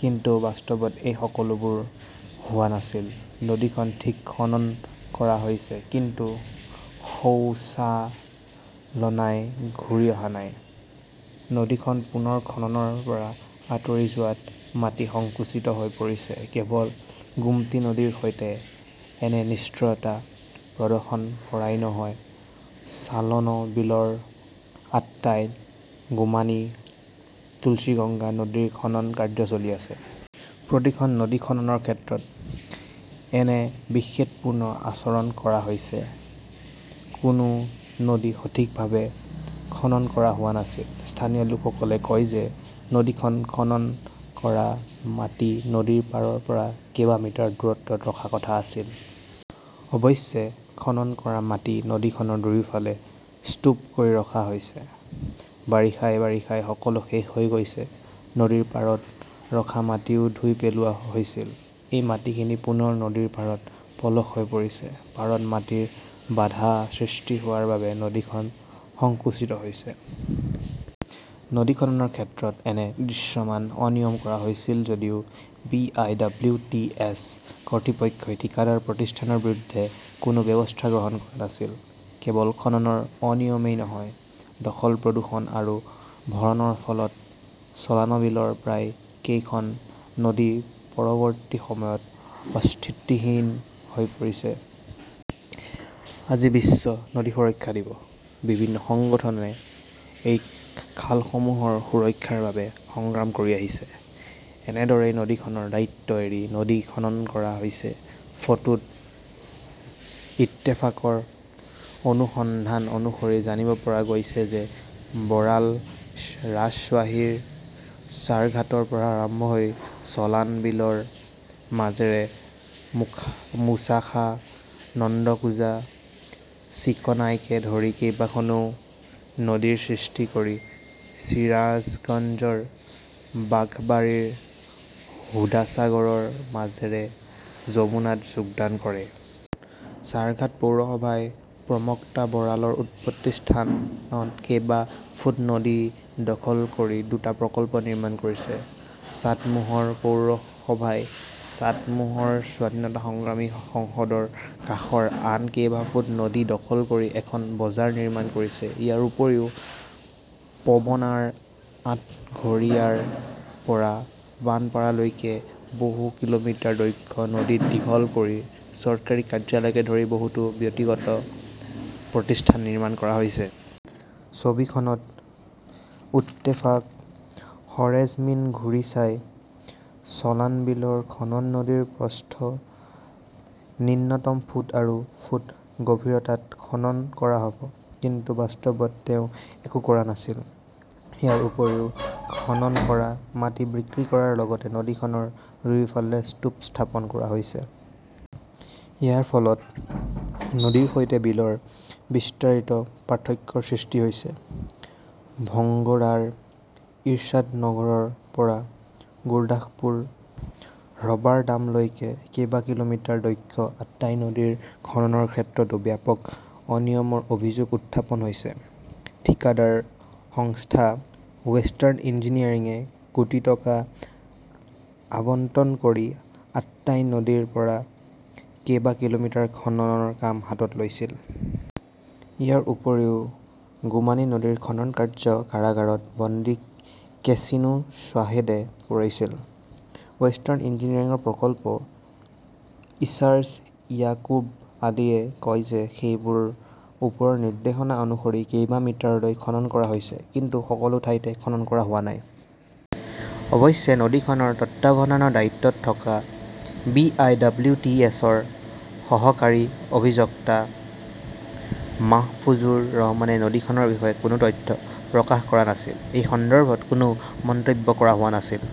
কিন্তু বাস্তৱত এই সকলোবোৰ হোৱা নাছিল। নদীখন ঠিক খনন কৰা হৈছে কিন্তু নৌচালনাই ঘূৰি অহা নাই । নদীখন পুনৰ খননৰ পৰা আঁতৰি যোৱাত মাটি সংকুচিত হৈ পৰিছে। কেৱল গোমতী নদীৰ সৈতে এনে নিষ্ঠুৰতা প্ৰদৰ্শন কৰাই নহয় চলানবিলৰ আট্ৰাই, গুমানী, তুলচিগঙ্গা নদীৰ খনন কাৰ্য চলি আছে। প্ৰতিখন নদী খননৰ ক্ষেত্ৰত এনে বিদ্বেষপূৰ্ণ আচৰণ কৰা হৈছে। কোনো নদী সঠিকভাৱে খনন কৰা হোৱা নাছিল। স্থানীয় লোকসকলে কয় যে নদীখন খনন কৰা মাটি নদীৰ পাৰৰ পৰা কেবা মিটাৰ দূৰত্বত ৰখাৰ কথা আছিল। অৱশ্যে, খনন কৰা মাটি নদীখনৰ দুয়োফালে স্তূপ কৰি ৰখা হৈছে। বাৰিষাই বাৰিষাই সকলো শেষ হৈ গৈছে। নদীৰ পাৰত ৰখা মাটিও ধুই পেলোৱা হৈছিল। সেই মাটিখিনি পুনৰ নদীৰ পাৰত পলস হৈ পৰিছে। পাৰত মাটিৰ বাধাৰ সৃষ্টি হোৱাৰ বাবে নদীখন সংকুচিত হৈছে। নদী খননৰ ক্ষেত্ৰত এনে দৃশ্যমান অনিয়ম কৰা হৈছিল যদিও B. I. W. T. A. কৰ্তৃপক্ষই ঠিকাদাৰ প্ৰতিষ্ঠানৰ বিৰুদ্ধে কোনো ব্যৱস্থা গ্ৰহণ কৰা নাছিল। কেৱল খননৰ অনিয়মেই নহয়, দখল-প্ৰদূষণ আৰু ভৰণৰ ফলত চলানবিলৰ প্ৰায় কেইখন নদী পৰৱৰ্তী সময়ত অস্তিত্বহীন হৈ পৰিছে। আজি বিশ্ব নদী সুৰক্ষা দিৱস। বিভিন্ন সংগঠনে এই খালসমূহৰ সুৰক্ষাৰ বাবে সংগ্ৰাম কৰি আহিছে। এনেদৰেই নদীখনৰ দায়িত্ব এৰি নদী খনন কৰা হৈছে। ফটোত ইত্তেফাকৰ অনুসন্ধান অনুসৰি জানিব পৰা গৈছে যে বৰাল ৰাজশ্বাহীৰ চাৰঘাটৰ পৰা আৰম্ভ হৈ চলানবিলৰ মাজেৰে মুখা মুছাখা, নন্দকুজা, চিকনাইকে ধৰি কেইবাখনো নদীৰ সৃষ্টি কৰি চিৰাজগঞ্জৰ বাঘবাৰীৰ হুদাচাগৰৰ মাজেৰে যমুনাত যোগদান কৰে। চাৰঘাট পৌৰসভাই প্ৰমট্টা বৰালৰ উৎপত্তি স্থানত কেবা ফুট নদী দখল কৰি দুটা প্ৰকল্প নিৰ্মাণ কৰিছে। চাটমোহৰ পৌৰসভাই চাটমোহৰ স্বাধীনতা সংগ্ৰামী সংসদৰ কাষৰ আন কেবা ফুট নদী দখল কৰি এখন বজাৰ নিৰ্মাণ কৰিছে। ইয়াৰ উপৰিও পবনাৰ আটঘৰিয়াৰ পৰা বনপাৰালৈকে বহু কিলোমিটাৰ দৈৰ্ঘ্যৰ নদী দখল কৰি চৰকাৰী কাৰ্যালয়কে ধৰি বহুতো ব্যক্তিগত প্ৰতিষ্ঠান নিৰ্মাণ কৰা হৈছে। ছবিখনত ইত্তেফাক সৰেজমিন ঘূৰি চাই, চলানবিলৰ খনন নদীৰ প্ৰস্থ ন্যূনতম ফুট আৰু ফুট গভীৰতাত খনন কৰা হব। কিন্তু বাস্তৱত তেওঁ একো কৰা নাছিল। ইয়াৰ উপৰিও খনন কৰা মাটি বিক্ৰী কৰাৰ লগতে নদীখনৰ দুয়োফালে স্তূপ স্থাপন কৰা হৈছে। ইয়াৰ ফলত নদীৰ সৈতে বিলৰ বিস্তাৰিত পাৰ্থক্যৰ সৃষ্টি হৈছে। ভাঙ্গুৰাৰ এৰশ্বাদ নগৰৰ পৰা গুৰদাসপুৰ ৰবাৰডামলৈকে কেবা কিলোমিটাৰ দৈৰ্ঘ্যৰ আট্ৰাই নদীৰ খননৰ ক্ষেত্ৰতো ব্যাপক অনিয়মৰ অভিযোগ উত্থাপন হৈছে। ঠিকাদাৰ সংস্থা ৱেষ্টাৰ্ণ ইঞ্জিনিয়াৰিঙে কোটি টকা আবণ্টন কৰি আট্ৰাই নদীৰ পৰা কেবা কিলোমিটাৰ খননৰ কাম হাতত লৈছিল। ইয়াৰ উপৰিও গুমানী নদীৰ খনন কাৰ্য কাৰাগাৰত বন্দী কেছিনো শ্বাহেদে কৰিছিল। ৱেষ্টাৰ্ণ ইঞ্জিনিয়াৰিংৰ প্ৰকল্প ইচাৰ্জ ইয়াকুব আলীয়ে কয় যে সেইবোৰ ওপৰৰ নিৰ্দেশনা অনুসৰি কেবা মিটাৰলৈ খনন কৰা হৈছে। কিন্তু সকলো ঠাইতে খনন কৰা হোৱা নাই। অৱশ্যে, নদী খননৰ তত্বাৱধানৰ দায়িত্বত থকা B. I. W. T. H. ৰ সহকাৰী অভিযক্তা মাহফুজুৰ ৰহমানে নদী খননৰ বিষয়ে কোনো তথ্য প্ৰকাশ কৰা নাছিল। এই সন্দৰ্ভত কোনো মন্তব্য কৰা হোৱা নাছিল।